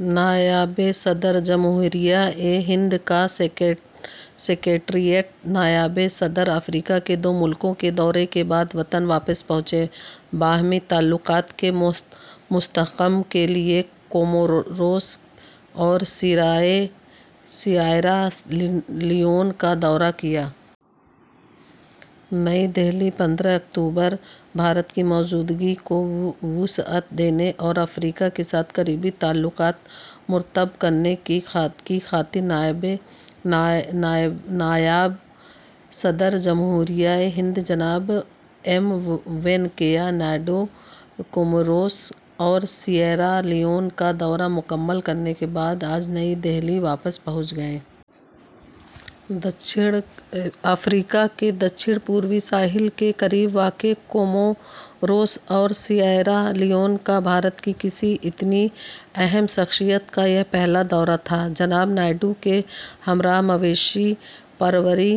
نائب صدر جمہوریہ ہند کا سکریٹریٹ نائب صدر افریقہ کے دو ملکوں کے دورے کے بعد وطن واپس پہنچے۔ باہمی تعلقات کو مستحکم کرنے کے لیے کوموروس اور سیئرا لیون کا دورہ کیا۔ نئی دہلی، پندرہ اکتوبر: بھارت کی موجودگی کو وسعت دینے اور افریقہ کے ساتھ قریبی تعلقات مرتب کرنے کی خاطر نائب صدر جمہوریہ ہند جناب ایم وینکیا نائیڈو کوموروس اور سیئرالیون کا دورہ مکمل کرنے کے بعد آج نئی دہلی واپس پہنچ گئے ہیں۔ افریقہ کے جنوب مشرقی ساحل کے قریب واقع کوموروس اور سیئرالیون کا بھارت کی کسی اتنی اہم شخصیت کا یہ پہلا دورہ تھا۔ جناب نائیڈو کے ہمراہ مویشی پروری،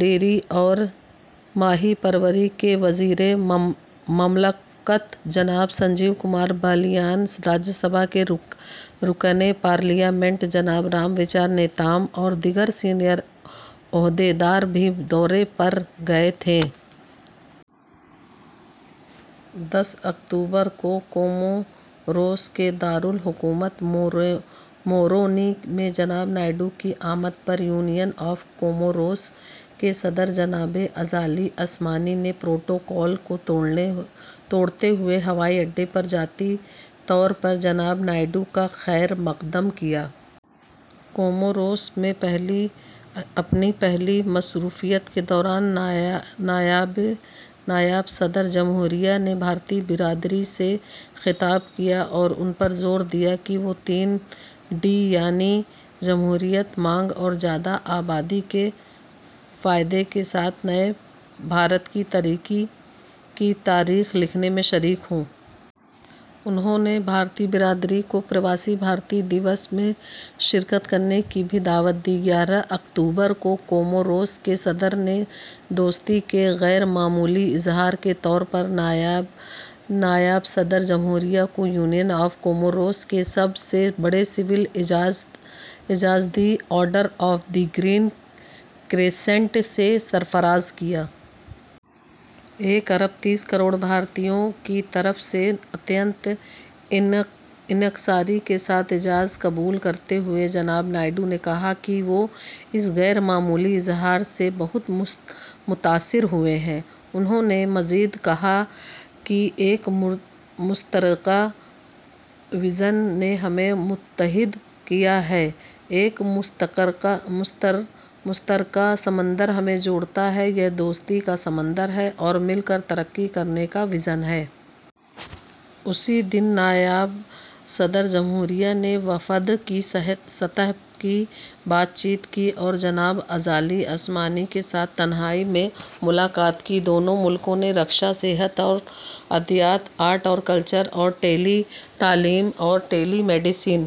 ڈیری اور ماہی پروری کے وزیر مملکت جناب سنجیو کمار بالیان، راجیہ سبھا کے رکن پارلیمنٹ جناب رام وچار نیتَم اور دیگر سینئر عہدیدار بھی دورے پر گئے تھے۔ دس اکتوبر کو کوموروس کے دارالحکومت مورونی میں جناب نائیڈو کی آمد پر یونین آف کوموروس کے صدر جناب ازالی عثومانی نے پروٹوکول کو توڑتے ہوئے ہوائی اڈے پر ذاتی طور پر جناب نائیڈو کا خیر مقدم کیا۔ کوموروس میں اپنی پہلی مصروفیت کے دوران نائب صدر جمہوریہ نے بھارتی برادری سے خطاب کیا اور ان پر زور دیا کہ وہ تین ڈی، یعنی جمہوریت، مانگ اور زیادہ آبادی کے فائدے کے ساتھ نئے بھارت کی ترقی کی تاریخ لکھنے میں شریک ہوں۔ انہوں نے بھارتی برادری کو پرواسی بھارتی دیوس میں شرکت کرنے کی بھی دعوت دی۔ گیارہ اکتوبر کو کوموروس کے صدر نے دوستی کے غیر معمولی اظہار کے طور پر نائب صدر جمہوریہ کو یونین آف کوموروس کے سب سے بڑے سول اعزاز، "the order of the green crescent", سے سرفراز کیا۔ ایک ارب تیس کروڑ بھارتیوں کی طرف سے انتہائی انکساری کے ساتھ اعزاز قبول کرتے ہوئے جناب نائیڈو نے کہا کہ وہ اس غیر معمولی اظہار سے بہت متاثر ہوئے ہیں۔ انہوں نے مزید کہا کہ ایک مشترکہ وژن نے ہمیں متحد کیا ہے، ایک مشترکہ سمندر ہمیں جوڑتا ہے — یہ دوستی کا سمندر ہے اور مل کر ترقی کرنے کا وژن ہے۔ اسی دن نائب صدر جمہوریہ نے وفد کی سطح کی بات چیت کی اور جناب ازالی عثومانی کے ساتھ تنہائی میں ملاقات کی۔ دونوں ملکوں نے دفاع، صحت اور ادویات، آرٹ اور کلچر اور ٹیلی تعلیم اور ٹیلی میڈیسن